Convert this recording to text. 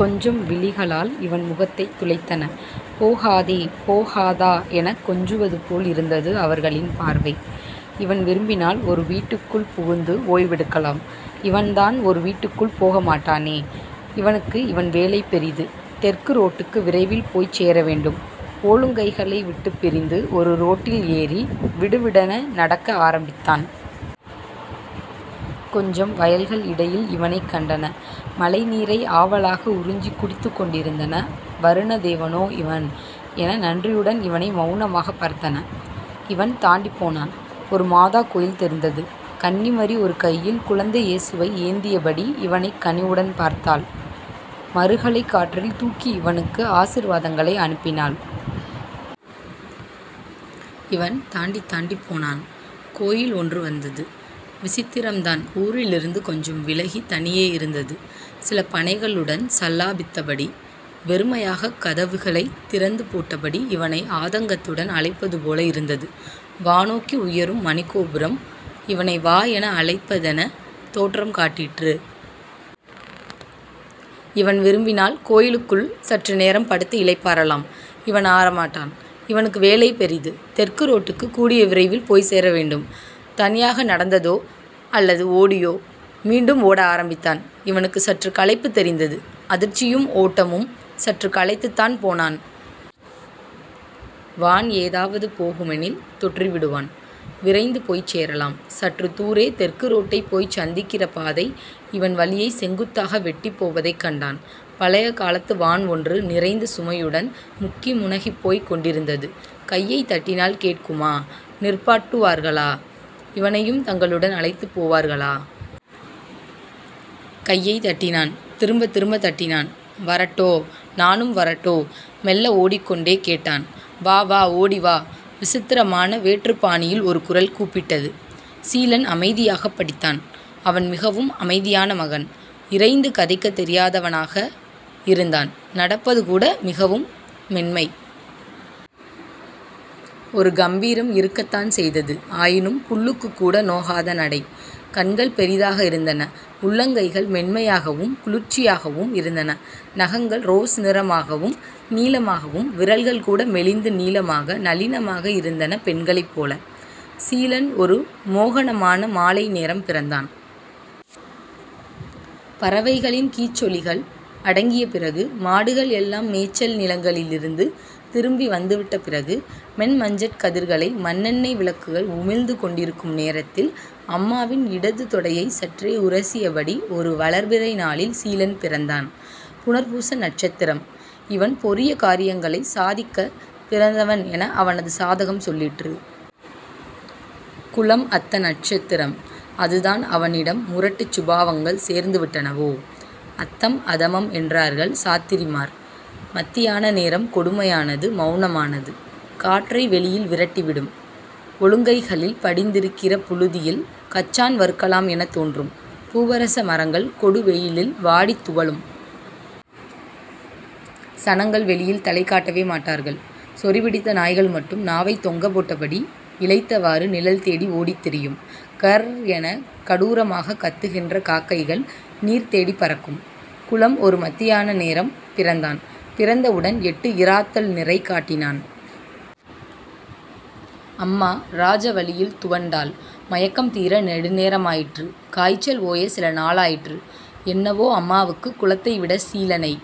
கொஞ்சம் விழிகளால் இவன் முகத்தைத் துளைத்தன. போகாதே.... போகாதா....எனக் கெஞ்சுவதுபோல் இருந்தது அவர்களின் பார்வை. இவன் விரும்பினால் ஒரு வீட்டுக்குள் புகுந்து ஓய்வெடுக்கலாம். இவன்தான் ஒரு வீட்டுக்குள் போகமாட்டானே? இவனுக்கு இவன்வேலை பெரிது. தெற்கு ரோட்டுக்கு விரைவில் போய்ச் சேரவேண்டும். ஓழுங்கைகளை விட்டுப் பிரிந்து ஒரு ரோட்டில் ஏறி விடுவிடென நடக்க ஆரம்பித்தான். கொஞ்சம் வயல்கள் இடையில் இவனைக் கண்டன. மழை நீரை ஆவலாக உறிஞ்சிக் குடித்துக்கொண்டிருந்தன. வருணதேவனோ இவன் என நன்றியுடன் இவனை மெளனமாகப் பார்த்தன. இவன் தாண்டிப்போனான். ஒரு மாதா கோயில் தெரிந்தது. கன்னிமரி ஒரு கையில் குழந்தை ஏசுவை ஏந்தியபடி இவனைக் கனிவுடன் பார்த்தாள். மறுகளை காற்றில் தூக்கி இவனுக்கு ஆசிர்வாதங்களை அனுப்பினாள். இவன் தாண்டித் தாண்டிப் போனான். கோயில் ஒன்று வந்தது. விசித்திரம் தான்ஊரிலிருந்து கொஞ்சம் விலகி தனியே இருந்தது. சில பனைகளுடன் சல்லாபித்தபடி. வெறுமையாக கதவுகளைத் திறந்து போட்டபடி இவனை ஆதங்கத்துடன் அழைப்பது போல இருந்தது. வானோக்கி உயரும் மணிக்கோபுரம் இவனை வா என அழைப்பதெனத் தோற்றம் காட்டிற்று. இவன் விரும்பினால் கோயிலுக்குள் சற்று நேரம் படுத்து இளைப்பாறலாம்! இவன் ஆறமாட்டான். இவனுக்கு வேலை பெரிது. தெற்கு ரோட்டுக்கு கூடிய விரைவில் போய்ச்சேர வேண்டும். தனியாக நடந்ததோ.... அல்லது... ஓடியோ.... மீண்டும் ஓட ஆரம்பித்தான். இவனுக்கு சற்றுக் களைப்புத் தெரிந்தது. அதிர்ச்சியும் ஓட்டமும்.... சற்றுக்களைத்துத்தான் போனான். வான் ஏதாவது போகுமெனில் தொற்றி விடுவான். விரைந்து போய்ச் சேரலாம்.... சற்றுத் தூரே தெற்கு ரோட்டை போய்ச் சந்திக்கிற பாதை இவன் வழியை செங்குத்தாக வெட்டிப்போவதைக் கண்டான். பழைய காலத்து வான் ஒன்று நிறைந்த சுமையுடன் முக்கி முனகிப்போய்க் கொண்டிருந்தது. கையைத்தட்டினால் கேட்குமா? நிற்பாட்டுவார்களா? இவனையும் தங்களுடன் அழைத்துப் போவார்களா? கையைத் தட்டினான். திரும்பத் திரும்பத் தட்டினான். வரட்டோ?... நானும் வரட்டோ!..மெல்ல ஓடிக்கொண்டே கேட்டான். வா... வா... ஓடி வா. விசித்திரமான வேற்றுப் பாணியில் ஒரு குரல் கூப்பிட்டது. சீலன் அமைதியாகப் படித்தான். அவன் மிகவும் அமைதியான மகன். இரைந்து கதைக்கத் தெரியாதவனாக இருந்தான். நடப்பது கூட மிகவும் மென்மை. ஒரு கம்பீரம் இருக்கத்தான் செய்தது. ஆயினும் புல்லுக்குக் கூட நோகாத நடை. கண்கள் பெரிதாக இருந்தன. உள்ளங்கைகள் மென்மையாகவும் குளிர்ச்சியாகவும் இருந்தன. நகங்கள் ரோஸ் நிறமாகவும், நீளமாகவும்.... விரல்கள் கூட மெலிந்து நீளமாக நளினமாக இருந்தன, பெண்களைப் போல. சீலன் ஒரு மோகனமான மாலை நேரம் பிறந்தான். பறவைகளின் கீச்சொலிகள் அடங்கிய பிறகு, மாடுகள் எல்லாம் மேச்சல் நிலங்களிலிருந்து திரும்பி வந்துவிட்ட பிறகு, மென்மஞ்சட் கதிர்களை மண்ணெண்ணெய் விளக்குகள் உமிழ்ந்து கொண்டிருக்கும் நேரத்தில்.... அம்மாவின் இடது தொடையை சற்றே உரசியபடி ஒரு வளர்பிறை நாளில் சீலன் பிறந்தான். புணர்பூச நட்சத்திரம். இவன் பொரிய காரியங்களைச் சாதிக்கப் பிறந்தவன் என அவனது சாதகம் சொல்லிற்று. குலம் அத்த நட்சத்திரம். அது தான் அவனிடம் முரட்டுச் சுபாவங்கள் சேர்ந்து விட்டனவோ? அத்தம், அதமம் என்றார்கள் சாத்திரிமார். மத்தியான நேரம் கொடுமையானது. மெளனமானது. காற்றை வெயில் விரட்டிவிடும். ஒழுங்கைகளில் படிந்திருக்கிற புழுதியில் கச்சான் வறுக்கலாம் எனத் தோன்றும். பூவரச மரங்கள் கொடுவெயிலில் வாடித் துவளும். சனங்கள் வெளியில் தலை காட்டவே மாட்டார்கள். சொறி பிடித்த நாய்கள் மட்டும் நாவைத் தொங்கப் போட்டபடி இளைத்தவாறு நிழல் தேடி ஓடித்திரியும் கர்ர்ர் எனக் கடூரமாகக் கத்துகின்ற காக்க்கைகள் நீர் தேடிப் பறக்கும். குலம் ஒரு மத்தியான நேரம் பிறந்தான். பிறந்தவுடன் எட்டு இறாத்தல் நிறை காட்டினான். அம்மா இராஜவலியில் துவண்டாள். மயக்கம் தீர நெடு நேரமாயிற்று. காய்ச்சல் ஓய சில நாளாயிற்று. என்னவோ அம்மாவுக்கு குலத்தைவிட சீலனை